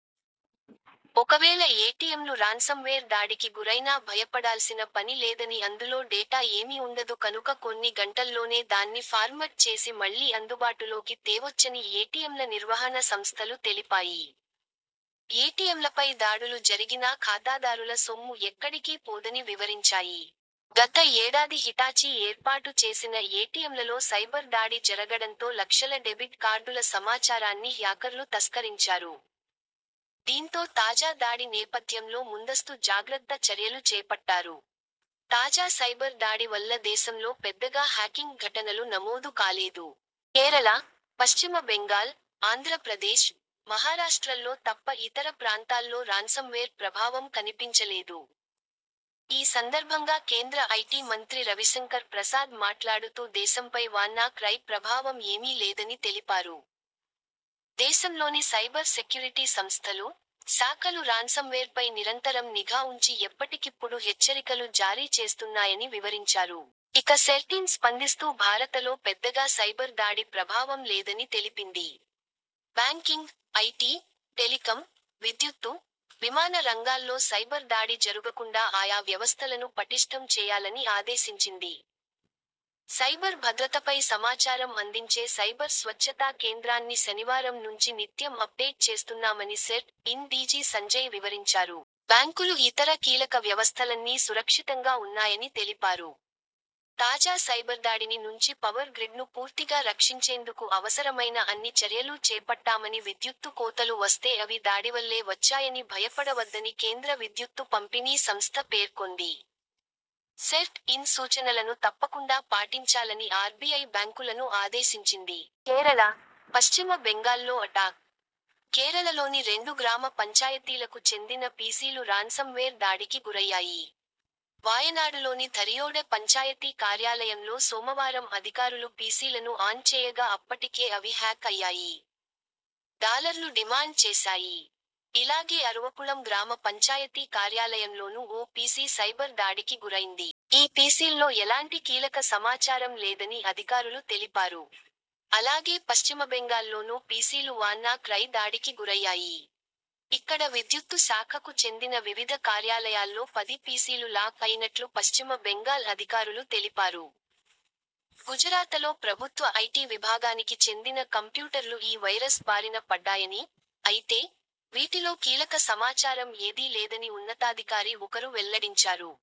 ఒకవేళ ఏటీఎంలు రాన్సమ్వేర్ దాడికి గురైనా భయపడాల్సిన పని లేదని అందులో డేటా ఏమీ ఉండదు కనుక కొన్ని గంటల్లోనే దాన్ని ఫార్మట్ చేసి మళ్లీ అందుబాటులోకి తేవొచ్చని ఏటీఎంల నిర్వహణ సంస్థలు తెలిపాయి. ఏటీఎంలపై దాడులు జరిగినా ఖాతాదారుల సొమ్ము ఎక్కడికీ పోదని వివరించాయి. గత ఏడాది హిటాచీ ఏర్పాటు చేసిన ఏటీఎంలలో సైబర్ దాడి జరగడంతో లక్షల డెబిట్ కార్డుల సమాచారాన్ని హ్యాకర్లు తస్కరించారు. దీంతో తాజా దాడి నేపథ్యంలో ముందస్తు జాగ్రత్త చర్యలు చేపట్టారు. తాజా సైబర్ దాడి వల్ల దేశంలో పెద్దగా హ్యాకింగ్ ఘటనలు నమోదు కాలేదు. కేరళ, పశ్చిమ బెంగాల్, ఆంధ్రప్రదేశ్, మహారాష్ట్రల్లో తప్ప ఇతర ప్రాంతాల్లో రాన్సమ్వేర్ ప్రభావం కనిపించలేదు. ఈ సందర్భంగా కేంద్ర ఐటీ మంత్రి రవిశంకర్ ప్రసాద్ మాట్లాడుతూ దేశంపై వాన్నా క్రై ప్రభావం ఏమీ లేదని తెలిపారు. దేశంలోని సైబర్ సెక్యురిటీ సంస్థలు, శాఖలు రాన్సమ్వేర్పై నిరంతరం నిఘా ఉంచి ఎప్పటికిప్పుడు హెచ్చరికలు జారీ చేస్తున్నాయని వివరించారు. ఇక సెర్ట్ ఇన్ స్పందిస్తూ భారతలో పెద్దగా సైబర్ దాడి ప్రభావం లేదని తెలిపింది. బ్యాంకింగ్, ఐటీ, టెలికం, విద్యుత్తు, విమాన రంగాల్లో సైబర్ దాడి జరుగకుండా ఆయా వ్యవస్థలను పటిష్ఠం చేయాలని ఆదేశించింది. సైబర్ భద్రతపై సమాచారం అందించే సైబర్ స్వచ్చతా కేంద్రాన్ని శనివారం నుంచి నిత్యం అప్డేట్ చేస్తున్నామని సెర్ట్-ఇన్ డీజీ సంజయ్ వివరించారు. బ్యాంకులు ఇతర కీలక వ్యవస్థలన్నీ సురక్షితంగా ఉన్నాయని తెలిపారు. తాజా సైబర్దాడిని నుంచి పవర్ గ్రిడ్ను పూర్తిగా రక్షించేందుకు అవసరమైన అన్ని చర్యలూ చేపట్టామని విద్యుత్తు కోతలు వస్తే అవి దాడివల్లే వచ్చాయని భయపడవద్దని కేంద్ర విద్యుత్తు పంపిణీ సంస్థ పేర్కొంది. సెర్ట్-ఇన్ సూచనలను తప్పకుండా పాటించాలని ఆర్బీఐ బ్యాంకులను ఆదేశించింది. కేరళ, పశ్చిమ బెంగాల్లో అటాక్! కేరళలోని రెండు గ్రామ పంచాయతీలకు చెందిన పీసీలు రాన్సమ్వేర్ దాడికి గురయ్యాయి. వాయనాడులోని థరియోడె పంచాయతీ కార్యాలయంలో సోమవారం అధికారులు పీసీలను ఆన్ చేయగా అప్పటికే అవి హ్యాక్ అయ్యాయి. డాలర్లు డిమాండ్ చేశాయి. ఇలాగే అరువపుళం గ్రామ పంచాయతీ కార్యాలయంలోనూ ఓ పీసీ సైబర్ దాడికి గురైంది. ఈ పీసీల్లో ఎలాంటి కీలక సమాచారం లేదని అధికారులు తెలిపారు. అలాగే పశ్చిమబెంగాల్లోనూ పీసీలు వాన్నా క్రై దాడికి గురయ్యాయి. ఇక్కడ విద్యుత్తు శాఖకు చెందిన వివిధ కార్యాలయాల్లో పది పీసీలు లాక్ అయినట్లు పశ్చిమ బెంగాల్ అధికారులు తెలిపారు. గుజరాతలో ప్రభుత్వ ఐటీ విభాగానికి చెందిన కంప్యూటర్లు ఈ వైరస్ బారిన పడ్డాయని, అయితే, వీటిలో కీలక సమాచారం ఏదీ లేదని ఉన్నతాధికారి ఒకరు వెల్లడించారు.